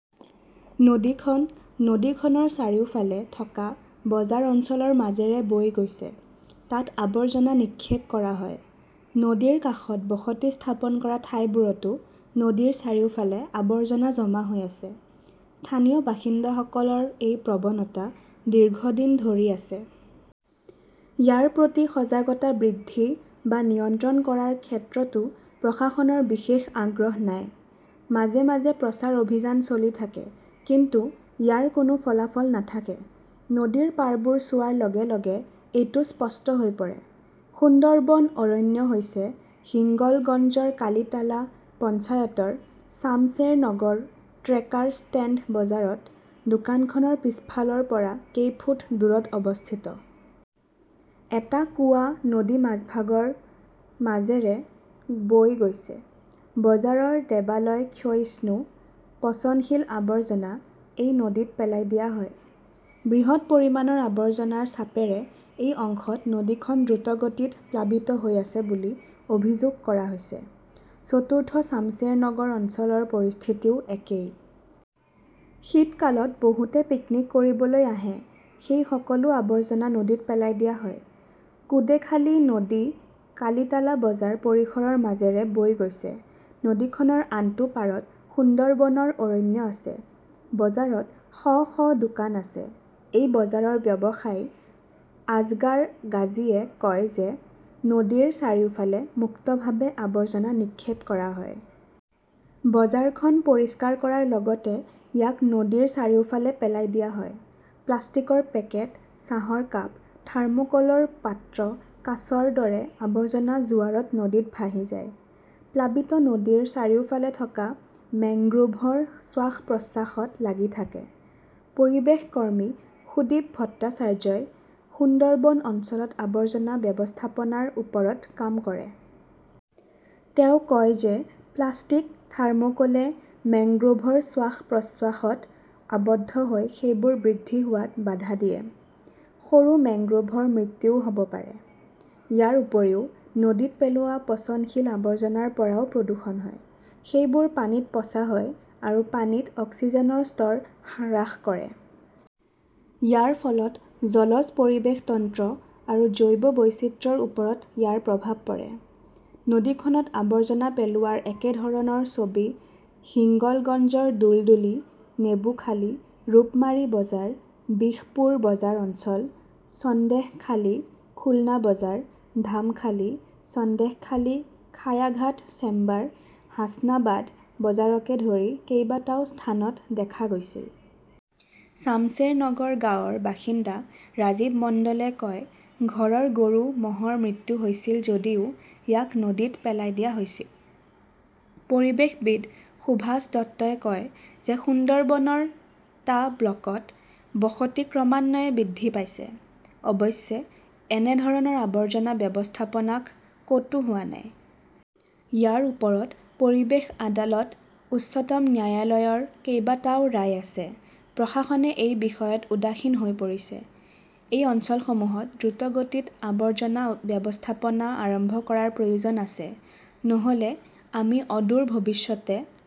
নদীখন নদীখনৰ চাৰিওফালে থকা বজাৰ অঞ্চলৰ মাজেৰে বৈ গৈছে। তাত আৱৰ্জনা নিক্ষেপ কৰা হয়। নদীৰ কাষত বসতি স্থাপন কৰা ঠাইবোৰতো নদীৰ চাৰিওফালে আৱৰ্জনা জমা হৈ আছে। স্থানীয় বাসিন্দাসকলৰ এই প্ৰৱণতা দীৰ্ঘদিন ধৰি আছে। ইয়াৰ প্ৰতি সজাগতা বৃদ্ধি বা নিয়ন্ত্ৰণ কৰাৰ ক্ষেত্ৰতো প্ৰশাসনৰ বিশেষ আগ্ৰহ নাই। মাজে মাজে প্ৰচাৰ অভিযান চলি থাকে, কিন্তু ইয়াৰ কোনো ফলাফল নাথাকে, নদীৰ পাৰবোৰ চোৱাৰ লগে লগে এইটো স্পষ্ট হৈ পৰে। সুন্দৰবন অৰণ্য হৈছে হিংগলগঞ্জৰ কালিটালা পঞ্চায়তৰ চামচেৰনগৰ ট্ৰেকাৰ ষ্টেণ্ড বজাৰত দোকানখনৰ পিছফালৰ পৰা কেই ফুট দূৰত অৱস্থিত। এটা কুঁৱা নদী মাজভাগৰ মাজেৰে বৈ গৈছে। বজাৰৰ দেৱালৰ ক্ষয়িষ্ণু, পচনশীল আৱৰ্জনা এই নদীত পেলাই দিয়া হয়। বৃহৎ পৰিমাণৰ আৱৰ্জনাৰ চাপেৰে এই অংশত নদীখন দ্ৰুতগতিত প্লাবিত হৈ আছে বুলি অভিযোগ কৰা হৈছে। চতুৰ্থ চামচেৰনগৰ অঞ্চলৰ পৰিস্থিতিও একেই। শীতকালত বহুতে পিকনিক কৰিবলৈ আহে। সেই সকলো আৱৰ্জনা নদীত পেলাই দিয়া হয়। কুঁডেখালী নদী কালিটালা বজাৰ পৰিসৰৰ মাজেৰে বৈ গৈছে। নদীখনৰ আনটো পাৰত সুন্দৰবনৰ অৰণ্য আছে। বজাৰত শ শ দোকান আছে। এই বজাৰৰ ব্যৱসায়ী আজগাৰ গাজীয়ে কয় যে নদীৰ চাৰিওফালে মুক্তভাৱে আবৰ্জনা নিক্ষেপ কৰা হয়। বজাৰখন পৰিষ্কাৰ কৰাৰ লগতে ইয়াক নদীৰ চাৰিওফালে পেলাই দিয়া হয়। প্লাষ্টিকৰ পেকেট, চাহৰ কাপ, থৰ্মোকলৰ পাত্ৰ-কাঁচৰ দৰে আৱৰ্জনা জোৱাৰত নদীত ভাহি যায়। প্লাষ্টিক নদীৰ চাৰিওফালে থকা মেংগ্ৰোভৰ শ্বাস-প্ৰশ্বাসত লাগি থাকে। পৰিৱেশ কৰ্মী সুদীপ ভট্টাচাৰ্যই সুন্দৰবন অঞ্চলত আৱৰ্জনা ব্যৱস্থাপনাৰ ওপৰত কাম কৰে। তেওঁ কয় যে প্লাষ্টিক, থাৰ্মোকোলে মেংগ্ৰোভৰ শ্বাস-প্ৰশ্বাসত আবদ্ধ হৈ সেইবোৰ বৃদ্ধি হোৱাত বাধা দিয়ে। সৰু মেংগ্ৰোভৰ মৃত্যুও হ "ব পাৰে। ইয়াৰ উপৰিও, নদীত পেলোৱা পচনশীল আৱৰ্জনাৰ পৰাও প্ৰদূষণ হয়। সেইবোৰ পানীত পচা হয় আৰু পানীত অক্সিজেনৰ স্তৰ হ্ৰাস কৰে। ইয়াৰ ফলত জলজ পৰিৱেশ তন্ত্ৰ আৰু জৈৱ বৈচিত্ৰ্যৰ ওপৰত ইয়াৰ প্ৰভাৱ পৰে। নদীখনত আৱৰ্জনা পেলোৱাৰ একেধৰণৰ ছবি হিংলগঞ্জৰ দুলদুলি, নেবুখালী, ৰূপমাৰী বজাৰ, বিশপুৰ বজাৰ অঞ্চল, সন্দেশখালীৰ খুলনা বজাৰ, ধামখালী, সন্দেশখালী খায়াঘাট চেম্বাৰ, হাছানাবাদ বজাৰকে ধৰি কেইবাটাও স্থানত দেখা গৈছিল। চামচেৰনগৰ গাঁৱৰ বাসিন্দা ৰাজীৱ মণ্ডলে কয়, "ঘৰৰ গৰু-ম" হৰ মৃত্যু হৈছিল যদিও ইয়াক নদীত পেলাই দিয়া হৈছিল। "পৰিৱেশবিদ সুভাষ দত্তই কয় যে সুন্দৰবনৰ টা ব্লকত বসতি ক্ৰমান্বয়ে বৃদ্ধি পাইছে। অৱশ্যে, এনে ধৰণৰ আৱৰ্জনা ব্যৱস্থাপনা ক "তো হোৱা নাই। ইয়াৰ ওপৰত পৰিৱেশ আদালত, উচ্চতম ন্যায়ালয়ৰ কেইবাটাও ৰায় আছে। প্ৰশাসনে এই বিষয়ত উদাসীন হৈ পৰিছে। "এই অঞ্চলসমূহত দ্ৰুতগতিত আৱৰ্জনা ব্যৱস্থাপনা আৰম্ভ কৰাৰ প্ৰয়োজন আছে। নহ "লে আমি অদূৰ ভৱিষ্যতে